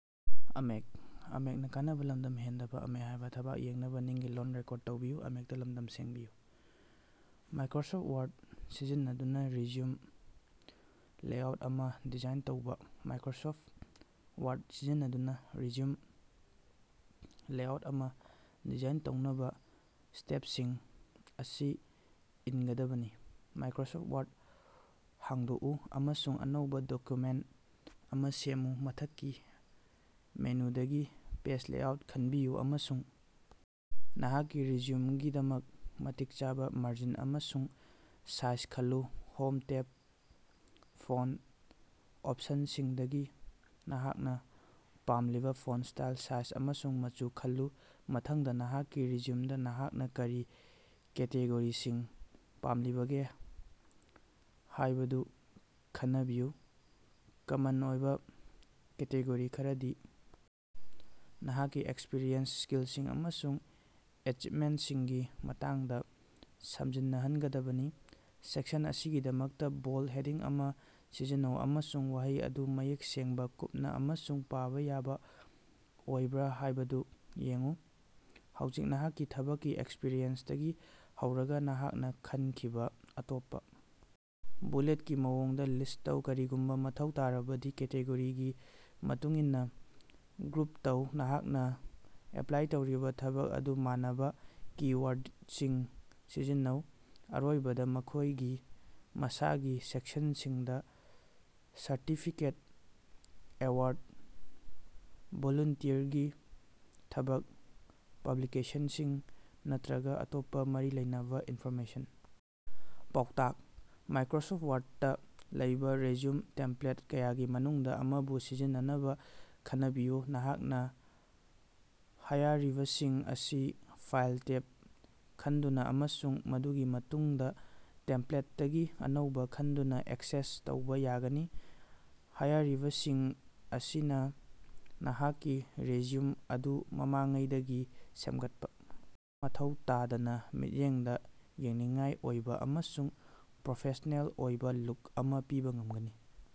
Microsoft Word ꯁꯤꯖꯤꯟꯅꯗꯨꯅ resume layout ꯑꯃ design ꯇꯧꯕ꯫ ꯃꯥꯏꯀ꯭ꯔꯣꯁꯣꯐꯠ ꯋꯥꯔꯗ ꯁꯤꯖꯤꯟꯅꯗꯨꯅ ꯔꯤꯖ꯭ꯌꯨꯝ ꯂꯦꯑꯥꯎꯠ ꯑꯃ ꯗꯤꯖꯥꯏꯟ ꯇꯧꯅꯕ, ꯁ꯭ꯇꯦꯞꯁꯤꯡ ꯑꯁꯤ ꯏꯟꯒꯗꯕꯅꯤ: ꯃꯥꯏꯀ꯭ꯔꯣꯁꯣꯐꯠ ꯋꯥꯔꯗ ꯍꯥꯡꯗꯣꯛꯎ ꯑꯃꯁꯨꯡ ꯑꯅꯧꯕ ꯗꯣꯛꯀꯨꯃꯦꯟꯇ ꯑꯃ ꯁꯦꯝꯃꯨ꯫ ꯃꯊꯛꯀꯤ ꯃꯦꯅꯨꯗꯒꯤ, 'ꯄꯦꯖ ꯂꯦꯑꯥꯎꯠ' ꯈꯟꯕꯤꯌꯨ ꯑꯃꯁꯨꯡ ꯅꯍꯥꯛꯀꯤ ꯔꯤꯖ꯭ꯌꯨꯝꯒꯤꯗꯃꯛ ꯃꯇꯤꯛ ꯆꯥꯕ ꯃꯥꯔꯖꯤꯟ ꯑꯃꯁꯨꯡ ꯁꯥꯏꯖ ꯈꯜꯂꯨ꯫ 'ꯍꯣꯝ' ꯇꯦꯞꯇ, ꯐꯣꯟꯇ ꯑꯣꯞꯁꯟꯁꯤꯡꯗꯒꯤ ꯅꯍꯥꯛꯅ ꯄꯥꯝꯂꯤꯕ ꯐꯣꯟꯇ ꯁ꯭ꯇꯥꯏꯜ, ꯁꯥꯏꯖ ꯑꯃꯁꯨꯡ ꯃꯆꯨ ꯈꯜꯂꯨ꯫ ꯃꯊꯪꯗ, ꯅꯍꯥꯛꯀꯤ ꯔꯤꯖ꯭ꯌꯨꯝꯗ ꯅꯍꯥꯛꯅ ꯀꯔꯤ ꯀꯦꯇꯦꯒꯣꯔꯤꯁꯤꯡ ꯄꯥꯝꯂꯤꯕꯒꯦ ꯍꯥꯏꯕꯗꯨ ꯈꯟꯅꯕꯤꯌꯨ꯫ ꯀꯃꯟ ꯑꯣꯏꯕ ꯀꯦꯇꯦꯒꯣꯔꯤ ꯈꯔꯗꯤ ꯅꯍꯥꯛꯀꯤ ꯑꯦꯛꯁꯄꯤꯔꯤꯌꯦꯟꯁ, ꯁ꯭ꯀꯤꯜꯁꯤꯡ ꯑꯃꯁꯨꯡ ꯑꯦꯆꯤꯄꯃꯦꯟꯇꯁꯤꯡꯒꯤ ꯃꯇꯥꯡꯗ ꯁꯝꯖꯤꯟꯅꯍꯟꯒꯗꯕꯅꯤ꯫ ꯁꯦꯛꯁꯟ ꯑꯁꯤꯒꯤꯗꯃꯛꯇ ꯕꯣꯜꯗ ꯍꯦꯗꯤꯡ ꯑꯃ ꯁꯤꯖꯤꯟꯅꯧ, ꯑꯃꯁꯨꯡ ꯋꯥꯍꯩ ꯑꯗꯨ ꯃꯌꯦꯛ ꯁꯦꯡꯕ, ꯀꯨꯞꯅ ꯑꯃꯁꯨꯡ ꯄꯥꯕ ꯌꯥꯕ ꯑꯣꯏꯕ꯭ꯔ ꯍꯥꯌꯕꯗꯨ ꯌꯦꯡꯎ꯫ ꯍꯧꯖꯤꯛ ꯅꯍꯥꯛꯀꯤ ꯊꯕꯛꯀꯤ ꯑꯦꯛꯁꯄꯤꯔꯤꯌꯦꯟꯁꯇꯒꯤ ꯍꯧꯔꯒ ꯅꯍꯥꯛꯅ ꯈꯟꯈꯤꯕ ꯑꯇꯣꯞꯄ ꯕꯨꯂꯦꯠꯀꯤ ꯃꯑꯣꯡꯗ ꯂꯤꯁ꯭ꯠ ꯇꯧ, ꯀꯔꯤꯒꯨꯝꯕ ꯃꯊꯧ ꯇꯥꯔꯕꯗꯤ ꯀꯦꯇꯦꯒꯣꯔꯤꯒꯤ ꯃꯇꯨꯡꯏꯟꯅ ꯒ꯭ꯔꯨꯞ ꯇꯧ꯫ ꯅꯍꯥꯛꯅ ꯑꯦꯄ꯭ꯂꯥꯏ ꯇꯧꯔꯤꯕ ꯊꯕꯛ ꯑꯗꯨꯒ ꯃꯥꯟꯅꯕ ꯀꯤ-ꯋꯥꯔꯗꯁꯤꯡ ꯁꯤꯖꯤꯟꯅꯧ꯫ ꯑꯔꯣꯏꯕꯗ, ꯃꯈꯣꯏꯒꯤ ꯃꯁꯥꯒꯤ ꯁꯦꯛꯁꯟꯁꯤꯡꯗ ꯁꯔꯇꯤꯐꯤꯀꯦꯠ, ꯑꯦꯋꯥꯔꯗ, ꯚꯣꯂꯨꯟꯇꯤꯌꯔꯒꯤ ꯊꯕꯛ, ꯄꯕ꯭ꯂꯤꯀꯦꯁꯟꯁꯤꯡ, ꯅꯠꯇ꯭ꯔꯒ ꯑꯇꯣꯞꯄ ꯃꯔꯤ ꯂꯩꯅꯕ ꯏꯟꯐꯣꯔꯃꯦꯁꯟ ꯄꯥꯎꯇꯥꯛ: ꯃꯥꯏꯀ꯭ꯔꯣꯁꯣꯐꯠ ꯋꯥꯔꯗꯇ ꯂꯩꯕꯥ ꯔꯤꯖ꯭ꯌꯨꯝ ꯇꯦꯝꯄ꯭ꯂꯦꯠ ꯀꯌꯥꯒꯤ ꯃꯅꯨꯡꯗ ꯑꯃꯕꯨ ꯁꯤꯖꯤꯟꯅꯅꯕ ꯈꯟꯅꯕꯤꯌꯨ꯫ ꯅꯍꯥꯛꯅ ꯍꯥꯌꯔꯤꯕꯁꯤꯡ ꯑꯁꯤ 'ꯐꯥꯏꯜ' ꯇꯦꯕ ꯈꯟꯗꯨꯅ ꯑꯃꯁꯨꯡ ꯃꯗꯨꯒꯤ ꯃꯇꯨꯡꯗ 'ꯇꯦꯝꯄ꯭ꯂꯦꯠꯇꯒꯤ ꯑꯅꯧꯕ' ꯈꯟꯗꯨꯅ ꯑꯦꯛꯁꯦꯁ ꯇꯧꯕ ꯌꯥꯒꯅꯤ꯫ ꯍꯥꯌꯔꯤꯕꯁꯤꯡ ꯑꯁꯤꯅ ꯅꯍꯥꯛꯀꯤ ꯔꯤꯖ꯭ꯌꯨꯝ ꯑꯗꯨ ꯃꯃꯥꯡꯉꯩꯗꯒꯤ ꯁꯦꯝꯒꯠꯄ ꯃꯊꯧ ꯇꯥꯗꯅ ꯃꯤꯠꯌꯦꯡꯗ ꯌꯦꯡꯅꯤꯡꯉꯥꯏ ꯑꯣꯏꯕ ꯑꯃꯁꯨꯡ ꯄ꯭ꯔꯣꯐꯦꯁ꯭ꯅꯦꯜ ꯑꯣꯏꯕ ꯂꯨꯛ ꯑꯃ ꯄꯤꯕ ꯉꯝꯒꯅꯤ꯫"